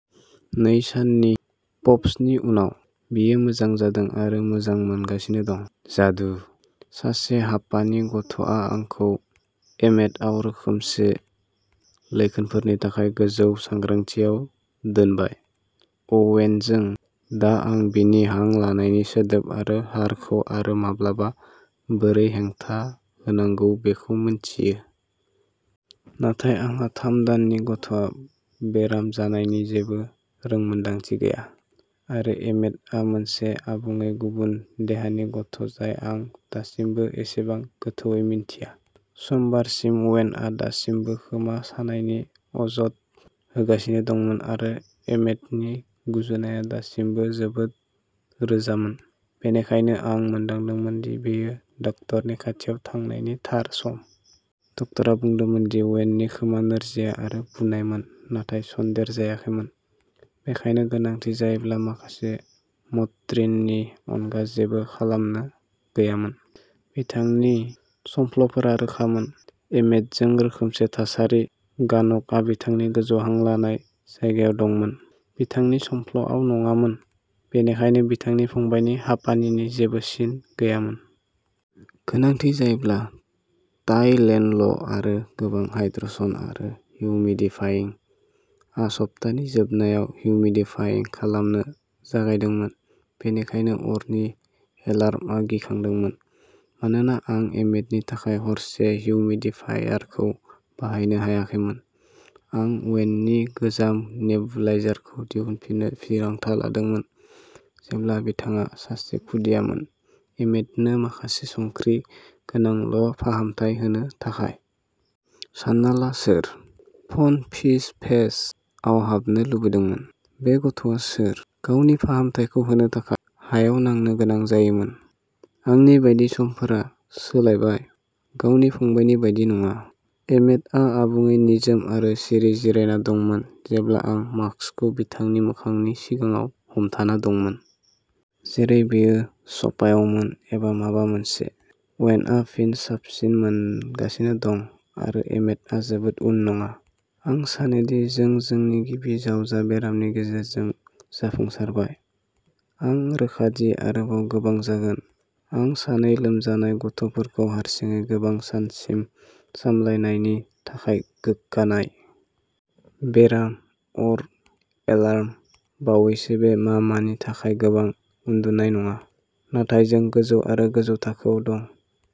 नै साननि "पफ्स" नि उनाव, बियो मोजां जादों आरो मोजां मोनगासिनो दं। जादु! सासे हापानि गथ'आ आंखौ एमेटआव रोखोमसे लैखोनफोरनि थाखाय गोजौ सांग्रांथिआव दोनबाय। अवेनजों, दा आं बिनि हां लानायनि सोदोब आरो हारखौ आरो माब्लाबा बोरै हेंथा होनांगौ बेखौ मिथियो। नाथाय आंहा थाम दाननि गथ'आ बेराम जानायनि जेबो रोंमोनदांथि गैया, आरो एमेटआ मोनसे आबुङै गुबुन देहानि गथ' जाय आं दासिमबो एसेबां गोथौवै मिन्थिया। समबारसिम वेनआ दासिमबो खोमा सानायनि अजद होगासिनो दंमोन आरो एमेटनि गुजुनाया दासिमबो जोबोद रोजामोन, बेनिखायनो आं मोनदांदोंमोन दि बेयो डाक्टरनि खाथियाव थांनायनि थार सम। डक्टरा बुंदोंमोन दि अवेननि खोमा नोरजिया आरो बुनायमोन नाथाय सन्देरजायाखैमोन, बेनिखायनो गोनांथि जायोब्ला माखासे मट्रिननि अनगा जेबो खालामनो गैयामोन। बिथांनि संफ्ल'फोरा रोखामोन। एमेटजों रोखोमसे थासारि गान्कआ बिथांनि गोजौ हां लानाय जायगायाव दंमोन, बिथांनि संफ्ल'आव नङामोन, बेनिखायनो बिथांनि फंबायनि हापानिनि जेबो सिन गैयामोन। गोनांथि जायोब्ला टाइलेनल' आरो गोबां हाइड्रेशन आरो हिउमिडिफाइं। आं सप्तानि जोबनायाव हिउमिडिफाइं खालामनो जागायदोंमोन, बेनिखायनो अरनि एलार्मआ गिखांदोंमोन। मानोना आं एमेटनि थाखाय हरसे हिउमिडिफायारखौ बाहायनो हायाखैमोन, आं अवेननि गोजाम नेबुलाइजारखौ दिहुनफिननो थिरांथा लादोंमोन जेब्ला बिथाङा सासे खुदियामोन एमेटनो माखासे संख्रि गोनांल' फाहामथाय होनो थाखाय। सान्ना ला सोर "फन फिश फेस" आव हाबनो लुबैदोंमोन? बे गथ'आ सोर? गावनि फाहामथायखौ होनो थाखाय हायाव नांनो गोनां जायोमोन। आंनि बायदि समफोरा सोलायबाय। गावनि फंबायनि बायदि नङा, एमेटआ आबुङै निजोम आरो सिरि जिरायना दंमोन जेब्ला आं मास्कखौ बिथांनि मोखांनि सिगाङाव हमथाना दंमोन। जेरै बियो सपायावमोन एबा माबा मोनसे, वेनआ फिन साबसिन मोनगासिनो दं आरो एमेटआ जोबोद उन नङा। आं सानोदि जों जोंनि गिबि जावजा बेरामनि गेजेरजों जाफुंसारबाय। आं रोखा दि आरोबाव गोबां जागोन, आं सानै लोमजानाय गथ'फोरखौ हारसिङै गोबां सानसिम सामलायनायनि थाखाय गोग्गानाय। बेराम अर एलार्म बावैसो बे मामानि थाखाय गोबां उन्दुनाय नङा, नाथाय जों गोजौ आरो गोजौ थाखोआव दं।